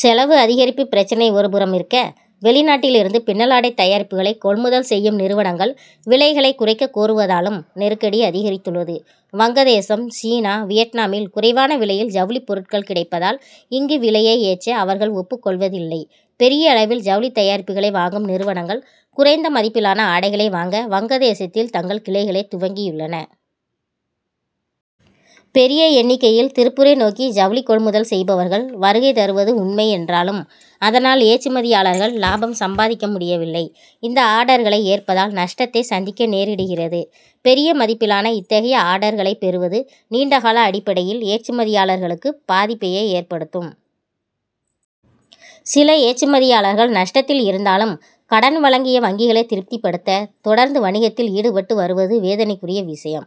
செலவு அதிகரிப்பு பிரச்னை ஒருபுறமிருக்க, வெளிநாட்டிலிருந்து பின்னலாடை தயாரிப்புகளைக் கொள்முதல் செய் யும் நிறுவனங்கள், விலைகளைக் குறைக்கக் கோருவதாலும் நெருக்கடி அதிகரித்துள்ளது. வங்கதேசம், சீனா, வியட்நாமில், குறைவான விலையில் ஜவுளிப் பொருட்கள் கிடைப்பதால், இங்கு விலையை ஏற்ற அவர்கள் ஒப்புக் கொள்வதில்லை. பெரிய அளவில் ஜவுளித் தயாரிப்புகளை வாங் கும் நிறுவனங்கள், குறைந்த மதிப்பிலான ஆடைகளை வாங்க, வங்கதேசத்தில் தங்கள் கிளைகளைத் துவக்கியுள்ளன. பெரிய எண்ணிக்கையில் திருப்பூரை நோக்கி ஜவுளி கொள்முதல் செய்பவர்கள் வருகை தருவது உண்மை என்றாலும், அதனால், ஏற்றுமதியாளர்கள் லாபம் சம்பாதிக்க முடியவில்லை. இந்த ஆர்டர் களை ஏற் பதால், நஷ்டத்தை சந்திக்க நேரிடுகிறது. பெரிய மதிப் பிலான இத்தகைய ஆர்டர் களைப் பெறுவது, நீண்டகால அடிப்படையில் ஏற்றுமதியாளர்களுக்கு பாதிப் பையே ஏற்படுத்தும். சில ஏற்றுமதியாளர்கள் நஷ்டத்தில் இருந்தாலும், கடன் வழங்கிய வங்கிகளைத் திருப்திபடுத்த, தொடர்ந்து வணிகத்தில் ஈடுபட்டு வருவது வேதனைக்குரிய விஷயம்.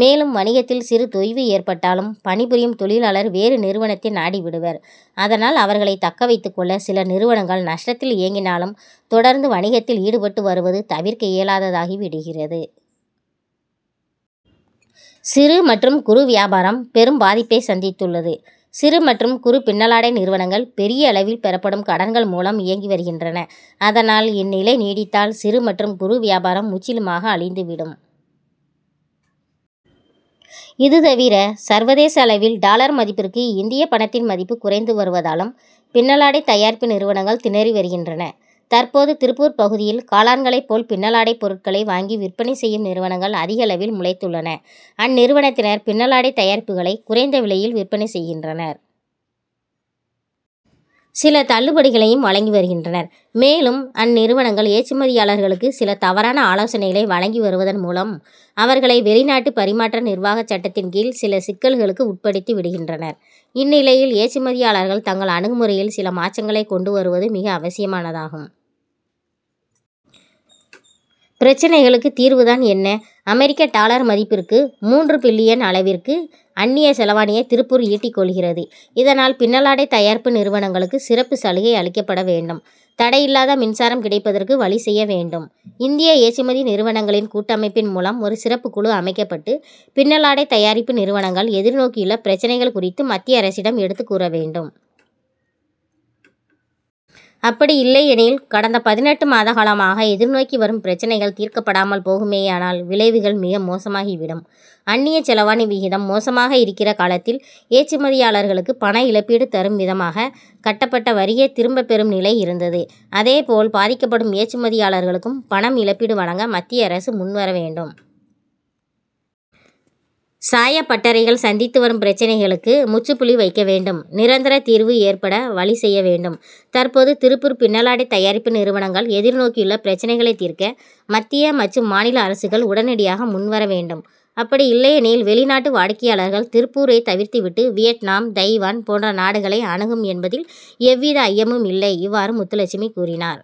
மேலும் வணிகத்தில் சிறு தொய்வு ஏற்பட்டாலும், பணிபுரியும் தொழிலாளர் வேறு நிறுவனத்தை நாடிவிடுவர். அதனால், அவர்களை தக்க வைத்துக் கொள்ள சில நிறுவனங்கள் நஷ்டத் தில் இயங்கினாலும், தொடர்ந்து வணிகத்தில் ஈடுபட்டு வருவது தவிர்க்க இயலாததாகி விடுகிறது. சிறு மற்றும் குறு வியாபாரம் பெரும் பாதிப்பைச் சந்தித்துள்ளது. சிறு மற்றும் குறு பின்னலாடை நிறுவனங்கள், பெரிய அள வில் பெறப்படும் கடன் கள் மூலம் இயங்கி வருகின்றன. அதனால், இந் நிலை நீடித்தால் சிறு மற் றும் குறு வியாபாரம் முற் றிலுமாக அழிந்துவிடும். இதுதவிர, சர்வதேச அளவில் டாலர் மதிப்பிற்கு இந்திய பணத்தின் மதிப்பு குறைந்து வருவதாலும், பின்னலாடை தயாரிப்பு நிறுவனங்கள் திணறி வருகின்றன. தற்போது, திருப்பூர் பகுதியில் காளான்களைப் போல் பின்னலாடைப் பொருட்களை வாங்கி விற்பனை செய்யும் நிறுவனங்கள் அதிகளவில் முளைத்துள்ளன. அந்நிறுவனத்தினர், பின்னலாடைத் தயாரிப்புகளை குறைந்த விலையில் விற்பனை செய்கின்றனர். சில தள்ளுபடிகளையும் வழங்கி வருகின்றனர். மேலும், அந்நிறுவனங்கள், ஏற்றுமதியாளர்களுக்கு சில தவறான ஆலோசனைகளை வழங்கி வருவதன் மூலம், அவர்களை, வெளிநாட்டு பரிமாற்ற நிர்வாகச் சட்டத்தின் கீழ் சில சிக்கல்களுக்கு உட்படுத்தி விடுகின்றனர். இந்நிலையில், ஏற்றுமதியாளர்கள், தங்கள் அணுகுமுறையில் சில மாற்றங்களைக் கொண்டு வருவது மிக அவசியமானதாகும். பிரச்னைகளுக்கு தீர்வுதான் என்ன: அமெரிக்க டாலர் மதிப்பிற்கு, மூன்று பில்லியன் அளவிற்கு அன்னிய செலாவணியை திருப்பூர் ஈட்டிக் கொடுக்கிறது. இதனால், பின்னலாடை தயாரிப்பு நிறுவனங்களுக்கு சிறப்புச் சலுகை அளிக்கப்பட வேண்டும். தடையில்லாத மின்சாரம் கிடைப்பதற்கு வழி செய்ய வேண்டும். இந்திய ஏற்றுமதி நிறுவனங்களின் கூட்டமைப்பின் மூலம் ஒரு சிறப்புக் குழு அமைக்கப்பட்டு, பின்னலாடை தயாரிப்பு நிறுவனங்கள் எதிர்நோக்கியுள்ள பிரச்னைகள் குறித்து மத்திய அரசிடம் எடுத்துக் கூற வேண்டும். அப்படியில்லையெனில், கடந்த பதினெட்டு மாதகாலமாக எதிர்நோக்கி வரும் பிரச்னைகள் தீர்க்கப்படாமல் போகுமேயானால், விளைவுகள் மிக மோசமாகி விடும். அன்னியச் செலாவணி விகிதம் மோசமாக இருக்கிற காலத்தில், ஏற்றுமதியாளர்களுக்கு பண இழப்பீடு தரும்விதமாக, கட்டப்பட்ட வரியைத் திரும்பப் பெறும் நிலை இருந்தது. அதுபோல பாதிக்கப்படும் ஏற்றுமதியாளர்களுக்குப் பண இழப்பீடு வழங்க மத்திய அரசு முன்வர வேண்டும். சாயப் பட்டறைகள் சந்தித்து வரும் பிரச்னைகளுக்கு முற்றுப்புள்ளி வைக்க வேண்டும். நிரந்தர தீர்வு ஏற்பட வழி செய்ய வேண்டும். தற்போது திருப்பூர் பின் னலாடைத் தயாரிப்பு நிறுவனங்கள் எதிர்நோக்கியுள்ள பிரச்னைகளைத் தீர்க்க, மத்திய மற்றும் மாநில அரசுகள் உடனடியாக முன்வர வேண்டும். அப்படியில்லையெனில், வெளிநாட்டு வாடிக்கையாளர்கள் திருப்பூரைத் தவிர்த்து விட்டு, வியட்நாம், தைவான் போன்ற நாடுகளை அணுகும் என்பதில் எவ்வித ஐயப்படும் இல்லை. இவ்வாறு முத்துலட்சுமி கூறினார்.